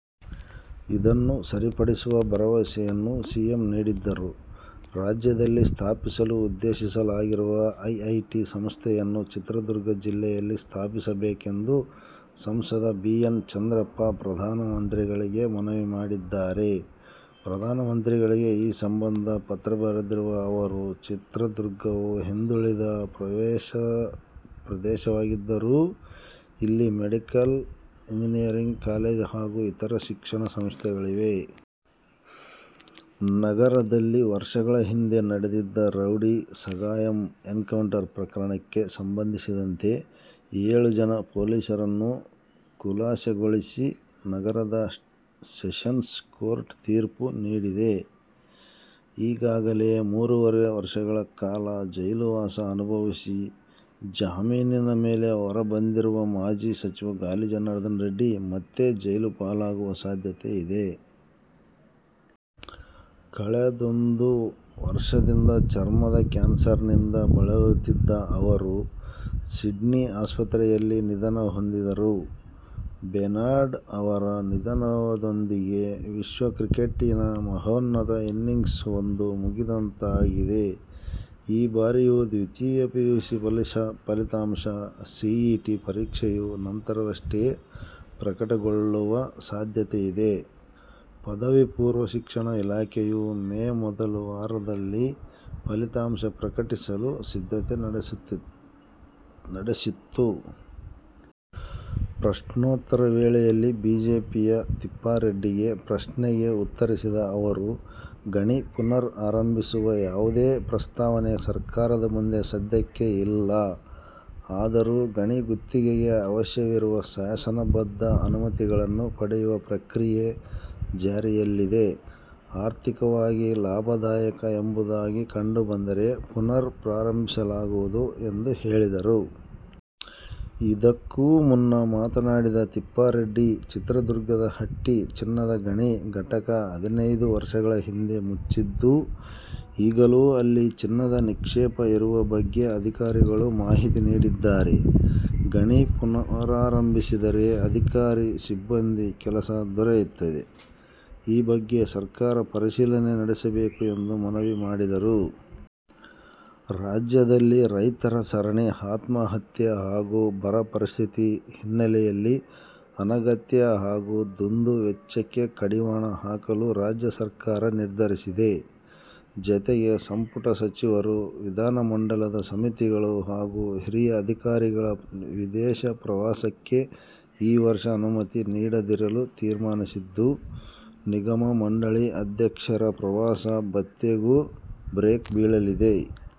ಇದನ್ನು ಸರಿಪಡಿಸುವ ಭರವಸೆಯನ್ನು ಸಿಎಂ ನೀಡಿದ್ದರು. ರಾಜ್ಯದಲ್ಲಿ ಸ್ಥಾಪಿಸಲು ಉದ್ದೇಶಿಸಲಾಗಿರುವ ಐಐಟಿ ಸಂಸ್ಥೆಯನ್ನು ಚಿತ್ರದುರ್ಗ ಜಿಲ್ಲೆಯಲ್ಲಿ ಸ್ಥಾಪಿಸಬೇಕೆಂದು ಸಂಸದ ಬಿ. ಎನ್. ಚಂದ್ರಪ್ಪ ಪ್ರಧಾನ ಮಂತ್ರಿಗಳಿಗೆ ಮನವಿ ಮಾಡಿದ್ದಾರೆ. ಪ್ರಧಾನ ಮಂತ್ರಿಗಳಿಗೆ ಈ ಸಂಬಂಧ ಪತ್ರ ಬರೆದಿರುವ ಅವರು, ಚಿತ್ರದುರ್ಗವು ಹಿಂದುಳಿದ ಪ್ರದೇಶವಾಗಿದ್ದರೂ ಇಲ್ಲಿ ಮೆಡಿಕಲ್, ಇಂಜಿನಿಯರಿಂಗ್ ಕಾಲೇಜು ಹಾಗೂ ಇತರ ಶಿಕ್ಷಣ ಸಂಸ್ಥೆಗಳಿವೆ. ನಗರದಲ್ಲಿ ವರ್ಷಗಳ ಹಿಂದೆ ನಡೆದಿದ್ದ ರೌಡಿ ಸಗಾಯಮ್ ಎನ್ಕೌಂಟರ್ ಪ್ರಕರಣಕ್ಕೆ ಸಂಬಂಧಿಸಿದಂತೆ ಏಳು ಜನ ಪೊಲೀಸರನ್ನು ಖುಲಾಸೆಗೊಳಿಸಿ ನಗರದ ಸೆಷೆನ್ಸ್ ಕೋರ್ಟ್ ತೀರ್ಪು ನೀಡಿದೆ. ಈಗಾಗಲೇ ಮೂರುವರೆ ವರ್ಷಗಳ ಕಾಲ ಜೈಲುವಾಸ ಅನುಭವಿಸಿ ಜಾಮೀನಿನ ಮೇಲೆ ಹೊರ ಬಂದಿರುವ ಮಾಜಿ ಸಚಿವ ಗಾಲಿ ಜನಾರ್ದನ ರೆಡ್ಡಿ ಮತ್ತೆ ಜೈಲುಪಾಲಾಗುವ ಸಾಧ್ಯತೆ ಇದೆ. ಕಳೆದೊಂದ ವರ್ಷದಿಂದ ಚರ್ಮದ ಕ್ಯಾನ್ಸರ್ನಿಂದ ಬಳಲುತ್ತಿದ್ದ ಅವರು ಸಿಡ್ನಿ ಆಸ್ಪತ್ರೆಯಲ್ಲಿ ನಿಧನಹೊಂದಿದರು. ಬೆನಾಡ್ ಅವರ ನಿಧನದೊಂದಿಗೆ ವಿಶ್ವ ಕ್ರಿಕೆಟಿನ ಮಹೋನ್ನತ ಇನ್ನಿಂಗ್ಸ್ ಒಂದು ಮುಗಿದಂತಾಗಿದೆ. ಈ ಬಾರಿಯ ದ್ವಿತೀಯ ಪಿಯುಸಿ ಫಲಿತಾಂಶ ಸಿಇಟಿ ಪರೀಕ್ಷೆಯ ನಂತರವಷ್ಟೇ ಪ್ರಕಟಗೊಳ್ಳುವ ಸಾಧ್ಯತೆಯಿದೆ. ಪದವಿ ಪೂರ್ವ ಶಿಕ್ಷಣ ಇಲಾಖೆಯು ಮೇ ಮೊದಲ ವಾರದಲ್ಲಿ ಫಲಿತಾಂಶ ಪ್ರಕಟಿಸಲು ಸಿದ್ಧತೆ ನಡೆಸಿತ್ತು. ಪ್ರಶ್ನೋತ್ತರ ವೇಳೆಯಲ್ಲಿ ಬಿಜೆಪಿಯ ತಿಪ್ಪಾರೆಡ್ಡಿಗೆ ಪ್ರಶ್ನೆಗೆ ಉತ್ತರಿಸಿದ ಅವರು, ಗಣಿ ಪುನರ್ ಆರಂಭಿಸುವ ಯಾವುದೇ ಪ್ರಸ್ತಾವನೆ ಸರ್ಕಾರದ ಮುಂದೆ ಸದ್ಯಕ್ಕೆ ಇಲ್ಲ. ಆದರೂ ಗಣಿ ಗುತ್ತಿಗೆಗೆ ಅವಶ್ಯವಿರುವ ಶಾಸನಬದ್ಧ ಅನುಮತಿಗಳನ್ನು ಪಡೆಯುವ ಪ್ರಕ್ರಿಯೆ ಜಾರಿಯಲ್ಲಿದೆ. ಆರ್ಥಿಕವಾಗಿ ಲಾಭದಾಯಕ ಎಂಬುದಾಗಿ ಕಂಡುಬಂದರೆ ಪುನರ್ ಪ್ರಾರಂಭಿಸಲಾಗುವುದು ಎಂದು ಹೇಳಿದರು. ಇದಕ್ಕೂ ಮುನ್ನ ಮಾತನಾಡಿದ ತಿಪ್ಪಾರೆಡ್ಡಿ, ಚಿತ್ರದುರ್ಗದ ಹಟ್ಟಿ ಚಿನ್ನದ ಗಣಿ ಘಟಕ ಹದಿನೈದು ವರ್ಷಗಳ ಹಿಂದೆ ಮುಚ್ಚಿದ್ದು, ಈಗಲೂ ಅಲ್ಲಿ ಚಿನ್ನದ ನಿಕ್ಷೇಪ ಇರುವ ಬಗ್ಗೆ ಅಧಿಕಾರಿಗಳು ಮಾಹಿತಿ ನೀಡಿದ್ದಾರೆ. ಗಣಿ ಪುನರಾರಂಭಿಸಿದರೆ ಅಧಿಕಾರಿ-ಸಿಬ್ಬಂದಿಗೆ ಕೆಲಸ ದೊರೆಯುತ್ತದೆ. ಈ ಬಗ್ಗೆ ಸರ್ಕಾರ ಪರಿಶೀಲನೆ ನಡೆಸಬೇಕು ಎಂದು ಮನವಿ ಮಾಡಿದರು. ರಾಜ್ಯದಲ್ಲಿ ರೈತರ ಸರಣಿ ಆತ್ಮಹತ್ಯೆ ಹಾಗೂ ಬರ ಪರಿಸ್ಥಿತಿ ಹಿನ್ನೆಲೆಯಲ್ಲಿ ಅನಗತ್ಯ ಹಾಗೂ ದುಂದು ವೆಚ್ಚಕ್ಕೆ ಕಡಿವಾಣ ಹಾಕಲು ರಾಜ್ಯ ಸರ್ಕಾರ ನಿರ್ಧರಿಸಿದೆ. ಜತೆಗೆ ಸಂಪುಟ ಸಚಿವರು, ವಿಧಾನಮಂಡಲದ ಸಮಿತಿಗಳು ಹಾಗೂ ಹಿರಿಯ ಅಧಿಕಾರಿಗಳ ವಿದೇಶ ಪ್ರವಾಸಕ್ಕೆ ಈ ವರ್ಷ ಅನುಮತಿ ನೀಡದಿರಲು ತೀರ್ಮಾನಿಸಿದ್ದು, ನಿಗಮ-ಮಂಡಳಿ ಅಧ್ಯಕ್ಷರ ಪ್ರವಾಸ ಭತ್ಯೆಗೂ ಬ್ರೇಕ್ ಬೀಳಲಿದೆ.